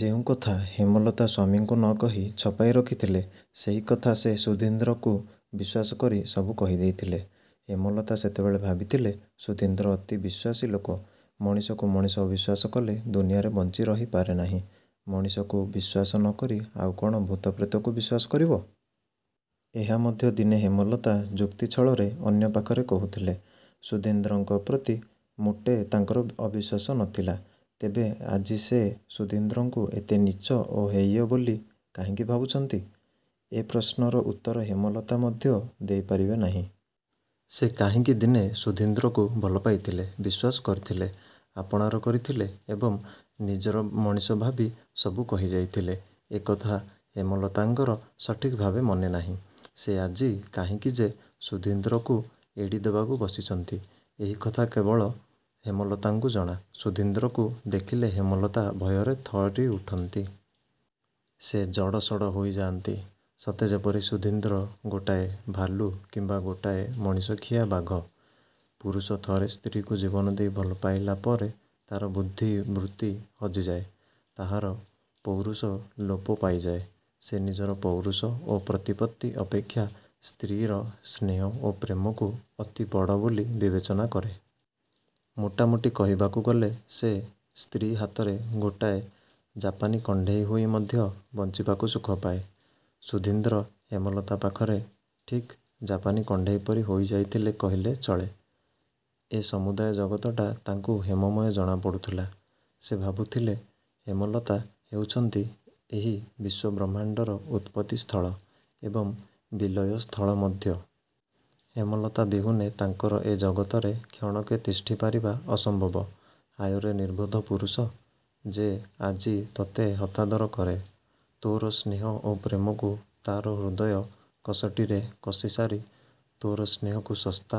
ଯେଉଁକଥା ହେମଲତା ସ୍ୱାମୀଙ୍କୁ ନ କହି ଛପାଇ ରଖିଥିଲେ, ସେହି କଥା ସେ ସୁଧୀନ୍ଦ୍ରକୁ ବିଶ୍ୱାସ କରି ସବୁ କହିଦେଇଥିଲେ। ହେମଲତା ସେତେବେଳେ ଭାବିଥିଲେ, ସୁଧୀନ୍ଦ୍ର ଅତି ବିଶ୍ୱାସୀ ଲୋକ। ମଣିଷକୁ ମଣିଷ ଅବିଶ୍ୱାସ କଲେ ଦୁନିଆରେ ବଞ୍ଚିରହି ପାରେନାହିଁ। ମଣିଷକୁ ବିଶ୍ୱାସ ନ କରି ଆଉ କ'ଣ ଭୂତପ୍ରେତକୁ ବିଶ୍ୱାସ କରିବ? ଏହା ମଧ୍ୟ ଦିନେ ହେମଲତା ଯୁକ୍ତି ଛଳରେ ଅନ୍ୟପାଖରେ କହୁଥିଲେ। ସୁଧୀନ୍ଦ୍ରଙ୍କ ପ୍ରତି ମୋଟେ ତାଙ୍କର ଅବିଶ୍ୱାସ ନ ଥିଲା। ତେବେ ଆଜି ସେ ସୁଧୀନ୍ଦ୍ରଙ୍କୁ ଏତେ ନୀଚ ଓ ହେୟ ବୋଲି କାହିଁକି ଭାବୁଛନ୍ତି? ଏ ପ୍ରଶ୍ନର ଉତ୍ତର ହେମଲତା ମଧ୍ୟ ଦେଇପାରିବେ ନାହିଁ। ସେ କାହିଁକି ଦିନେ ସୁଧୀନ୍ଦ୍ରକୁ ଭଲ ପାଇଥିଲେ, ବିଶ୍ୱାସ କରିଥିଲେ। ଆପଣାର କରିଥିଲେ ଏବଂ ନିଜର ମଣିଷ ଭାବି ସବୁ କହିଯାଇଥିଲେ, ଏକଥା ହେମଲତାଙ୍କର ସଠିକ୍ଭାବେ ମନେନାହିଁ। ସେ ଆଜି କାହିଁକି ଯେ। ସୁଧୀନ୍ଦ୍ରକୁ ଏଡ଼ିଦେବାକୁ ବସିଛନ୍ତି, ଏହିକଥା କେବଳ ହେମଲତାଙ୍କୁ ଜଣା। ସୁଧୀନ୍ଦ୍ରକୁ ଦେଖିଲେ ହେମଲତା ଭୟରେ ଥରିଉଠନ୍ତି। ସେ ଜଡ଼ସଡ଼ ହୋଇଯାଆନ୍ତି। ସତେଯେପରି ସୁଧୀନ୍ଦ୍ର ଗୋଟାଏ ଭାଲୁ କିମ୍ବା ଗୋଟାଏ ମଣିଷଖିଆ ବାଘ। ପୁରୁଷ ଥରେ ସ୍ତ୍ରୀକୁ ଜୀବନଦେଇ ଭଲ ପାଇଲା ପରେ ତା'ର ବୁଦ୍ଧିବୃତ୍ତି ହଜିଯାଏ। ତାହାର ପୌରୁଷ ଲୋପ ପାଇଯାଏ। ସେ ନିଜର ପୌରୁଷ ଓ ପ୍ରତିପତ୍ତି ଅପେକ୍ଷା ସ୍ତ୍ରୀର ସ୍ନେହ ଓ ପ୍ରେମକୁ ଅତି ବଡ଼ ବୋଲି ବିବେଚନା କରେ। ମୋଟାମୋଟି କହିବାକୁ ଗଲେ ସେ ସ୍ତ୍ରୀ ହାତରେ ଗୋଟାଏ ଜାପାନୀ କଣ୍ଢେଇ ହୋଇ ମଧ୍ୟ ବଞ୍ଚିବାକୁ ସୁଖପାଏ। ସୁଧୀନ୍ଦ୍ର ହେମଲତା ପାଖରେ ଠିକ୍ ଜାପାନୀ କଣ୍ଢେଇ ପରି ହୋଇଯାଇଥିଲେ କହିଲେ ଚଳେ। ଏ ସମୁଦାୟ ଜଗତଟା ତାଙ୍କୁ ହେମମୟ ଜଣାପଡ଼ୁଥିଲା। ସେ ଭାବୁଥିଲେ ହେମଲତା ହେଉଛନ୍ତି ଏହି ବିଶ୍ୱବ୍ରହ୍ମାଣ୍ଡର ଉତ୍ପତ୍ତି ସ୍ଥଳ ଏବଂ ବିଲୟ ସ୍ଥଳ ମଧ୍ୟ। ହେମଲତା ବିହୁନେ ତାଙ୍କର ଏ ଜଗତରେ କ୍ଷଣକେ ତିଷ୍ଠିପାରିବା ଅସମ୍ଭବ। ହାୟରେ ନିର୍ବୋଧ ପୁରୁଷ! ଯେ ଆଜି ତୋତେ ହତାଦର କରେ, ତୋର ସ୍ନେହ ଓ ପ୍ରେମକୁ ତା'ର ହୃଦୟ କଷଟିରେ କଷିସାରି ତୋର ସ୍ନେହକୁ ଶସ୍ତା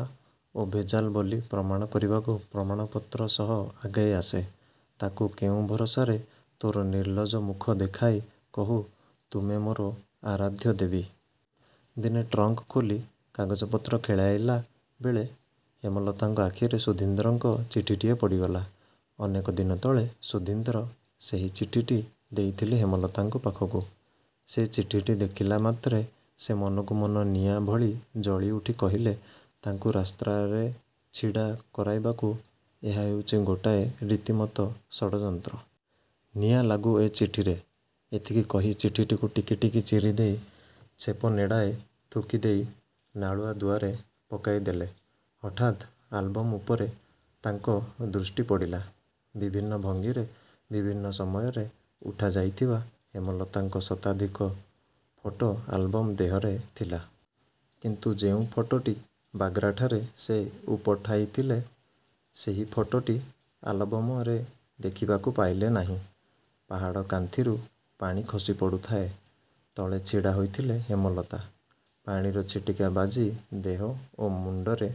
ଓ ଭେଜାଲ ବୋଲି ପ୍ରମାଣ କରିବାକୁ ପ୍ରମାଣପତ୍ର ସହ ଆଗେଇଆସେ, ତାକୁ କେଉଁ ଭରସାରେ ତୋର ନିର୍ଲଜ ମୁଖ ଦେଖାଇ କହୁ, ''ତୁମେ ମୋର ଆରାଧ୍ୟ ଦେବୀ? '' ଦିନେ ଟ୍ରଙ୍କ୍ ଖୋଲି କାଗଜପତ୍ର ଖେଳାଇଲା ବେଳେ ହେମଲତାଙ୍କ ଆଖିରେ ସୁଧୀନ୍ଦ୍ରଙ୍କ ଚିଠିଟିଏ ପଡ଼ିଗଲା। ଅନେକ ଦିନ ତଳେ ସୁଧୀନ୍ଦ୍ର ସେହି ଚିଠିଟି ଦେଇଥିଲେ ହେମଲତାଙ୍କ ପାଖକୁ-। ସେ ଚିଠିଟି ଦେଖିଲା ମାତ୍ରେ ସେ ମନକୁ ମନ ନିଆଁ ଭଳି ଜଳିଉଠି କହିଲେ, ''ତାଙ୍କୁ ରାସ୍ତାରେ ଛିଡ଼ା କରାଇବାକୁ ଏହା ହେଉଛି ଗୋଟାଏ ରୀତିମତ ଷଡ଼ଯନ୍ତ୍ର। ନିଆଁଲାଗୁ ଏ ଚିଠିରେ। '' ଏତିକି କହି ଚିଠିଟିକୁ ଟିକି ଟିକି ଚିରିଦେଇ ଛେପ ନେଡ଼ାଏ ଥୁକିଦେଇ ନାଳୁଆ ଦୁଆରେ ପକାଇ ଦେଲେ। ହଠାତ୍ ଆଲବମ୍ ଉପରେ ତାଙ୍କ ଦୃଷ୍ଟି ପଡ଼ିଲା। ବିଭିନ୍ନ ଭଙ୍ଗିରେ, ବିଭିନ୍ନ ସମୟରେ ଉଠାଯାଇଥିବା ହେମଲତାଙ୍କ ଶତାଧିକ ଫଟୋ ଆଲବମ୍ ଦେହରେ ଥିଲା। କିନ୍ତୁ ଯେଉଁ ଫଟୋଟି ବାଗ୍ରାଠାରେ ସେ ଉପଠାଇଥିଲେ ସେହି ଫଟୋଟି ଆଲବମରେ ଦେଖିବାକୁ ପାଇଲେ ନାହିଁ। ପାହାଡ଼ କାନ୍ଥିରୁ ପାଣି ଖସିପଡ଼ୁଥାଏ। ତଳେ ଛିଡ଼ା ହୋଇଥିଲେ ହେମଲତା। ପାଣିର ଛିଟିକା ବାଜି ଦେହ ଓ ମୁଣ୍ଡରେ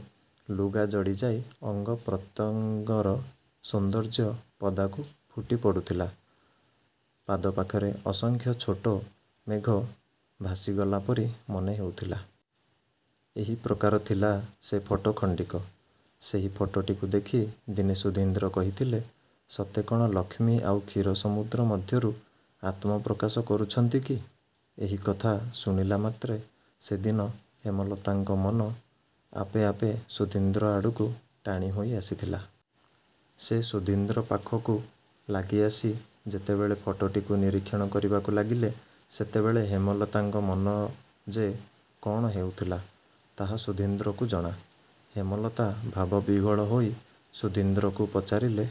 ଲୁଗା ଜଡ଼ିଯାଇ ଅଙ୍ଗପ୍ରତ୍ୟଙ୍ଗର ସୌନ୍ଦର୍ଯ୍ୟ ପଦାକୁ ଫୁଟିପଡ଼ୁଥିଲା। ପାଦ ପାଖରେ ଅସଂଖ୍ୟ ଛୋଟ ମେଘ ଭାସିଗଲାପରି ମନେହେଉଥିଲା। ଏହି ପ୍ରକାର ଥିଲା ସେ ଫଟୋ ଖଣ୍ଡିକ। ସେହି ଫଟୋଟିକୁ ଦେଖି ଦିନେ ସୁଧୀନ୍ଦ୍ର କହିଥିଲେ, ''ସତେ କ'ଣ ଲକ୍ଷ୍ମୀ ଆଉ କ୍ଷୀରସମୁଦ୍ର ମଧ୍ୟରୁ ଆତ୍ମପ୍ରକାଶ କରୁଛନ୍ତି କି? '' ଏହିକଥା ଶୁଣିଲାମାତ୍ରେ ସେଦିନ ହେମଲତାଙ୍କ ମନ ଆପେ ଆପେ ସୁଧୀନ୍ଦ୍ର ଆଡ଼କୁ ଟାଣିହୋଇ ଆସିଥିଲା। ସେ ସୁଧୀନ୍ଦ୍ର ପାଖକୁ ଲାଗିଆସି ଯେତେବେଳେ ଫଟୋଟିକୁ ନିରୀକ୍ଷଣ କରିବାକୁ ଲାଗିଲେ, ସେତେବେଳେ ହେମଲତାଙ୍କ ମନ ଯେ କ'ଣ ହେଉଥିଲା, ତାହା ସୁଧୀନ୍ଦ୍ରକୁ ଜଣା। ହେମଲତା ଭାବବିହ୍ୱଳ ହୋଇ ସୁଧୀନ୍ଦ୍ରକୁ ପଚାରିଲେ,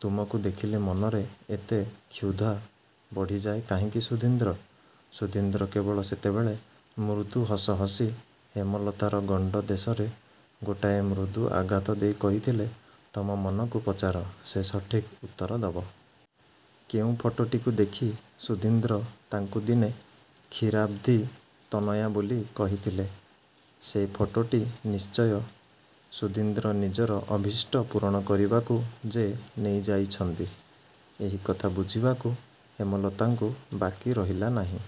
''ତୁମକୁ ଦେଖିଲେ ମନରେ ଏତେ କ୍ଷୁଧା ବଢ଼ିଯାଏ କାହିଁକି ସୁଧୀନ୍ଦ୍ର? '' ସୁଧୀନ୍ଦ୍ର କେବଳ ସେତେବେଳେ ମୃଦୁ ହସ ହସି ହେମଲତାର ଗଣ୍ଡ ଦେଶରେ ଗୋଟାଏ ମୃଦୁ ଆଘାତ ଦେଇ କହିଥିଲେ, ''ତମ ମନକୁ ପଚାର, ସେ ସଠିକ୍ ଉତ୍ତର ଦେବ। '' କେଉଁ ଫଟୋଟିକୁ ଦେଖି ସୁଧୀନ୍ଦ୍ର ତାଙ୍କୁ ଦିନେ କ୍ଷୀରାବ୍ଧି ତନୟା ବୋଲି କହିଥିଲେ ସେ ଫଟୋଟି ନିଶ୍ଚୟ ସୁଧୀନ୍ଦ୍ର ନିଜର ଅଭିଷ୍ଟ ପୂରଣ କରିବାକୁ ଯେ ନେଇଯାଇଛନ୍ତି, ଏହି କଥା ବୁଝିବାକୁ ହେମଲତାଙ୍କୁ ବାକିରହିଲା ନାହିଁ।